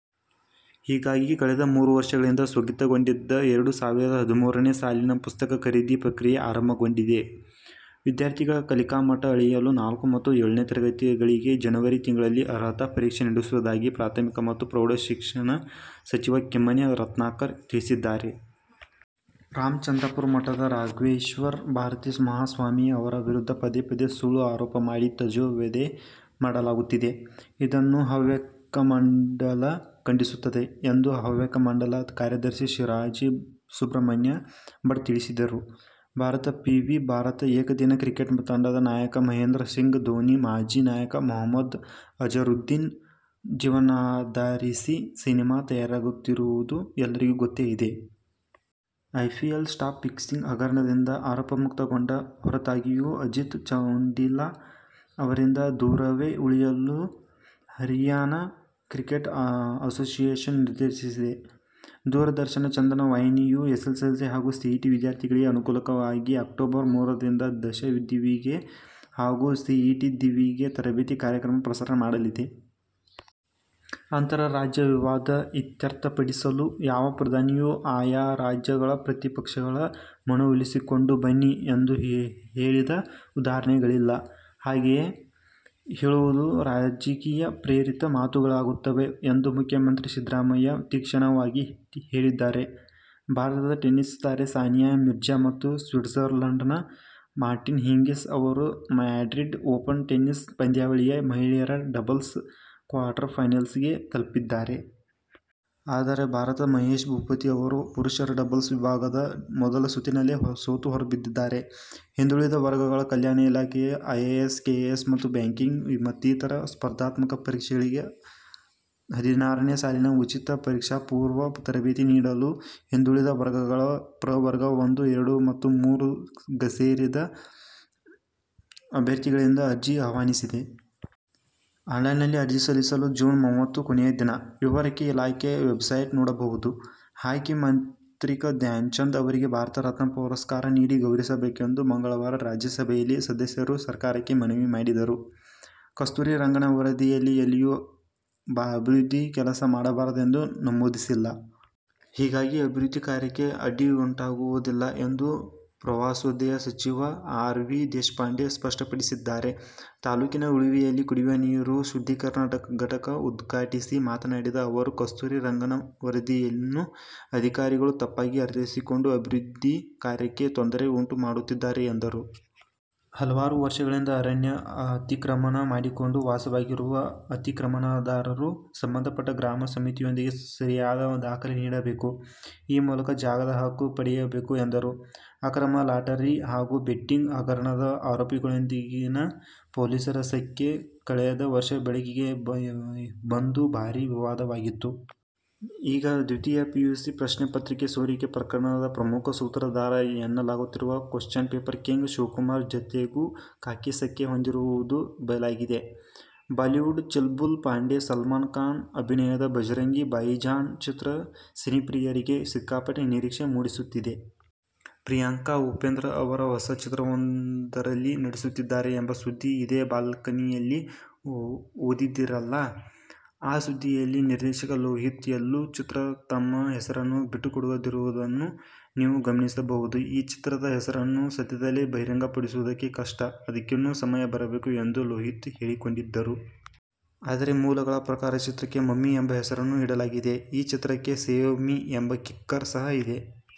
ಹೀಗಾಗಿ ಕಳೆದ ಮೂರು ವರ್ಷಗಳಿಂದ ಸ್ಥಗಿತಗೊಂಡಿದ್ದ ಎರಡು ಸಾವಿರದ ಹದಿಮೂರನೇ ಸಾಲಿನ ಪುಸ್ತಕ ಖರೀದಿ ಪ್ರಕ್ರಿಯೆ ಆರಂಭಗೊಂಡಿದೆ. ವಿದ್ಯಾರ್ಥಿಗಳ ಕಲಿಕಾ ಮಟ್ಟ ಅಳೆಯಲು ನಾಲ್ಕು ಮತ್ತು ಏಳನೇ ತರಗತಿ ವಿದ್ಯಾರ್ಥಿಗಳಿಗೆ ಜನವರಿ ತಿಂಗಳಲ್ಲಿ ಅರ್ಹತಾ ಪರೀಕ್ಷೆ ನಡೆಸುವುದಾಗಿ ಪ್ರಾಥಮಿಕ ಮತ್ತು ಪ್ರೌಢಶಿಕ್ಷಣ ಸಚಿವ ಕಿಮ್ಮನೆ ರತ್ನಾಕರ ತಿಳಿಸಿದ್ದಾರೆ. ರಾಮಚಂದ್ರಾಪುರ ಮಠದ ರಾಘವೇಶ್ವರ ಭಾರತೀ ಮಹಾಸ್ವಾಮಿ ಅವರ ವಿರುದ್ಧ ಪದೇ-ಪದೇ ಸುಳ್ಳು ಆರೋಪ ಮಾಡಿ ತೇಜೋವಧೆ ಮಾಡಲಾಗುತ್ತಿದೆ. ಇದನ್ನು ಹವ್ಯಕ ಮಂಡಲ ಖಂಡಿಸುತ್ತದೆ ಎಂದು ಹವ್ಯಕ ಮಂಡಳದ ಕಾರ್ಯದರ್ಶಿ ಸೇರಾಜೆ ಸುಬ್ರಹ್ಮಣ್ಯ ಭಟ್ ತಿಳಿಸಿದರು. ಭಾರತದ ಪಿ. ವಿ. ಭಾರತ ಏಕದಿನ ಕ್ರಿಕೆಟ್ ತಂಡದ ನಾಯಕ ಮಹೇಂದ್ರ ಸಿಂಗ್ ಧೋನಿ, ಮಾಜಿ ನಾಯಕ ಮೊಹಮ್ಮದ್ ಅಜರುದ್ದೀನ್ ಜೀವನವನ್ನಾಧರಿಸಿದ ಸಿನಿಮಾ ತಯಾರಾಗುತ್ತಿರುವುದು ಎಲ್ಲರಿಗೂ ಗೊತ್ತೇಇದೆ. ಐಪಿಎಲ್ ಸ್ಪಾಟ್ ಫಿಕ್ಸಿಂಗ್ ಹಗರಣದಿಂದ ಆರೋಪಮುಕ್ತಗೊಂಡ ಹೊರತಾಗಿಯೂ ಅಜಿತ್ ಚಾಂಡೀಲಾ ಅವರಿಂದ ದೂರವೇ ಉಳಿಯಲು ಹರಿಯಾಣ ಕ್ರಿಕೆಟ್ ಅಸೋಸಿಯೇಷನ್ ನಿರ್ಧರಿಸಿದೆ. ದೂರದರ್ಶನ ಚಂದನ ವಾಹಿನಿಯು ಎಸ್ಸೆಸ್ಸೆಲ್ಸಿ ಹಾಗೂ ಸಿಇಟಿ ವಿದ್ಯಾರ್ಥಿಗಳಿಗೆ ಅನುಕೂಲಕ್ಕಾಗಿ ಅಕ್ಟೋಬರ್ ಮೂರರಿಂದ ದಶ ದೀವಿಗೆ ಹಾಗೂ ಸಿಇಟಿ ದೀವಿಗೆ ತರಬೇತಿ ಕಾರ್ಯಕ್ರಮ ಪ್ರಸಾರ ಮಾಡಲಿದೆ. ಅಂತರರಾಜ್ಯ ವಿವಾದ ಇತ್ಯರ್ಥಪಡಿಸಲು ಯಾವ ಪ್ರಧಾನಿಯೂ ಆಯಾ ರಾಜ್ಯಗಳ "ಪ್ರತಿಪಕ್ಷಗಳ ಮನವೊಲಿಸಿಕೊಂಡು ಬನ್ನಿ' ಎಂದು ಹೇಳಿದ ಉದಾಹರಣೆಗಳಿಲ್ಲ. ಹಾಗೆ ಹೇಳುವುದು ರಾಜಕೀಯಪ್ರೇರಿತ ಮಾತುಗಳಾಗುತ್ತವೆ ಎಂದು ಮುಖ್ಯಮಂತ್ರಿ ಸಿದ್ದರಾಮಯ್ಯ ತೀಕ್ಷ್ಣವಾಗಿ ಹೇಳಿದ್ದಾರೆ. ಭಾರತದ ಟೆನ್ನಿಸ್ ತಾರೆ ಸಾನಿಯಾ ಮಿರ್ಜಾ ಮತ್ತು ಸ್ವಿಟ್ಸರ್ಲಂಡ್ನ ಮಾರ್ಟಿನ ಹಿಂಗಿಸ್ ಅವರು ಮ್ಯಾಡ್ರಿಡ್ ಓಪನ್ ಟೆನ್ನಿಸ್ ಪಂದ್ಯಾವಳಿಯ ಮಹಿಳೆಯರ ಡಬಲ್ಸ್ ಕ್ವಾರ್ಟರ್ಫೈನಲ್ಸ್ಗೆ ತಲಪಿದ್ದಾರೆ. ಆದರೆ ಭಾರತದ ಮಹೇಶ್ ಭೂಪತಿ ಅವರು ಪುರುಷರ ಡಬಲ್ಸ್ ವಿಭಾಗದ ಮೊದಲ ಸುತ್ತಿನಲ್ಲೇ ಸೋತು ಹೊರಬಿದ್ದಿದ್ದಾರೆ. ಹಿಂದುಳಿದ ವರ್ಗಗಳ ಕಲ್ಯಾಣ ಇಲಾಖೆಯು ಐಎಎಸ್, ಕೆಎಎಸ್ ಮತ್ತು ಬ್ಯಾಂಕಿಂಗ್ ಮತ್ತಿತರ ಸ್ಪರ್ಧಾತ್ಮಕ ಪರೀಕ್ಷೆಗಳಿಗೆ ಹದಿನಾರನೇ ಸಾಲಿಗೆ ಉಚಿತ ಪರೀಕ್ಷಾಪೂರ್ವ ತರಬೇತಿ ನೀಡಲು ಹಿಂದುಳಿದ ವರ್ಗಗಳ ಪ್ರವರ್ಗ- ಒಂದು, ಎರಡು ಮತ್ತು ಮೂರು ಗೆಸೇರಿದ ಅಭ್ಯರ್ಥಿಗಳಿಂದ ಅರ್ಜಿ ಆಹ್ವಾನಿಸಿದೆ. ಆನ್ಲೈನ್ನಲ್ಲಿ ಅರ್ಜಿ ಸಲ್ಲಿಸಲು ಜೂನ್ ಮೂವತ್ತು ಕೊನೆಯ ದಿನ. ವಿವರಕ್ಕೆ ಇಲಾಖಾ ವೆಬ್ಸೈಟ್: ನೋಡಬಹುದು. ಹಾಕಿ ಮಾಂತ್ರಿಕ ಧ್ಯಾನ್ಚಂದ್ ಅವರಿಗೆ ಭಾರತ ರತ್ನ ಪುರಸ್ಕಾರ ನೀಡಿ ಗೌರವಿಸಬೇಕೆಂದು ಮಂಗಳವಾರ ರಾಜ್ಯಸಭೆಯಲ್ಲಿ ಸದಸ್ಯರು ಸರಕಾರಕ್ಕೆ ಮನವಿ ಮಾಡಿದರು. ಕಸ್ತೂರಿ ರಂಗನ್ ವರದಿಯಲ್ಲಿ ಎಲ್ಲಿಯೂ ಅಭಿವೃದ್ಧಿ ಕೆಲಸ ಮಾಡಬಾರದೆಂದು ನಮೂದಿಸಿಲ್ಲ. ಹೀಗಾಗಿ ಅಭಿವೃದ್ಧಿ ಕಾರ್ಯಕ್ಕೆ ಅಡ್ಡಿಯುಂಟಾಗುವುದಿಲ್ಲ ಎಂದು ಪ್ರವಾಸೋದ್ಯಮ ಸಚಿವ ಆರ್. ವಿ. ದೇಶಪಾಂಡೆ ಸ್ಪಷ್ಟಪಡಿಸಿ ದ್ದಾರೆ. ತಾಲೂಕಿನ ಉಳವಿಯಲ್ಲಿ ಕುಡಿಯುವ ನೀರು ಶುದ್ಧೀಕರಣ ಘಟಕ ಉದ್ಘಾಟಿಸಿ ಮಾತನಾಡಿದ ಅವರು, ಕಸ್ತೂರಿ ರಂಗನ್ ವರದಿಯನ್ನು ಅಧಿಕಾರಿಗಳು ತಪ್ಪಾಗಿ ಅರ್ಥೈಸಿಕೊಂಡು ಅಭಿವೃದ್ಧಿ ಕಾರ್ಯಕ್ಕೆ ತೊಂದರೆ ಉಂಟು ಮಾಡುತ್ತಿದ್ದಾರೆ ಎಂದರು. ಹಲವಾರು ವರ್ಷಗಳಿಂದ ಅರಣ್ಯ ಅತಿಕ್ರಮಣ ಮಾಡಿಕೊಂಡು ವಾಸವಾಗಿರುವ ಅತಿಕ್ರಮಣದಾರರು ಸಂಬಂಧಪಟ್ಟ ಗ್ರಾಮ ಸಮಿತಿಯೊಂದಿಗೆ ಸರಿಯಾದ ದಾಖಲೆ ನೀಡಬೇಕು. ಈ ಮೂಲಕ ಜಾಗದ ಹಕ್ಕು ಪಡೆಯಬೇಕು ಎಂದರು. ಅಕ್ರಮ ಲಾಟರಿ ಹಾಗೂ ಬೆಟ್ಟಿಂಗ್ ಹಗರಣದ ಆರೋಪಿಗಳೊಂದಿಗಿನ ಪೊಲೀಸರ ಸಖ್ಯ ಕಳೆದ ವರ್ಷ ಬೆಳಕಿಗೆ ಬಂದು ಭಾರೀ ವಿವಾದವಾಗಿತ್ತು. ಈಗ ದ್ವಿತೀಯ ಪಿಯುಸಿ ಪ್ರಶ್ನೆ ಪತ್ರಿಕೆ ಸೋರಿಕೆ ಪ್ರಕರಣದ ಪ್ರಮುಖ ಸೂತ್ರಧಾರ ಎನ್ನ ಲಾಗುತ್ತಿರುವ ಕ್ವಶ್ಚನ್ ಪೇಪರ್ ಕಿಂಗ್' ಶಿವಕುಮಾರ್ ಜತೆಗೂ ಖಾಕಿ ಸಖ್ಯ ಹೊಂದಿರುವುದು ಬಯಲಾಗಿದೆ. ಬಾಲಿವುಡ್ ಚುಲ್'ಬುಲ್ ಪಾಂಡೆ 'ಸಲ್ಮಾನ್ ಖಾನ್' ಅಭಿನಯದ 'ಭಜರಂಗಿ ಭಾಯಿಜಾನ್' ಚಿತ್ರ ಸಿನಿಪ್ರಿಯರಿಗೆ ಸಿಕ್ಕಾಪಟ್ಟೆ ನಿರೀಕ್ಷೆ ಮೂಡಿಸುತ್ತಿದೆ. ಪ್ರಿಯಾಂಕಾ ಉಪೇಂದ್ರ ಅವರು ಹೊಸ ಚಿತ್ರವೊಂದರಲ್ಲಿ ನಟಿಸುತ್ತಿದ್ದಾರೆ ಎಂಬ ಸುದ್ದಿ ಇದೇ ಬಾಲ್ಕನಿಯಲ್ಲಿ ಓದಿದ್ದಿರಲ್ಲಾ. ಆ ಸುದ್ದಿಯಲ್ಲಿ ನಿರ್ದೇಶಕ ಲೋಹಿತ್ ಎಲ್ಲೂ ತಮ್ಮ ಚಿತ್ರದ ಹೆಸರನ್ನು ಬಿಟ್ಟುಕೊಡದಿರುವುದನ್ನು ನೀವು ಗಮನಿಸಬಹುದು. ಚಿತ್ರದ ಹೆಸರನ್ನು ಸದ್ಯದಲ್ಲೇ ಬಹಿರಂಗಪಡಿಸುವುದಕ್ಕೆ ಕಷ್ಟ, ಅದಕ್ಕಿನ್ನೂ ಸಮಯ ಬರಬೇಕು ಎಂದು ಲೋಹಿತ್ ಹೇಳಿಕೊಂಡಿದ್ದರು. ಆದರೆ, ಮೂಲಗಳ ಪ್ರಕಾರ ಚಿತ್ರಕ್ಕೆ ಮಮ್ಮಿ ಎಂಬ ಹೆಸರನ್ನು ಇಡಲಾಗಿದೆ. ಈ ಚಿತ್ರಕ್ಕೆ ಸೇವ್ ಮಿ ಎಂಬ ಕಿಕ್ಕರ್ ಸಹ ಇದೆ.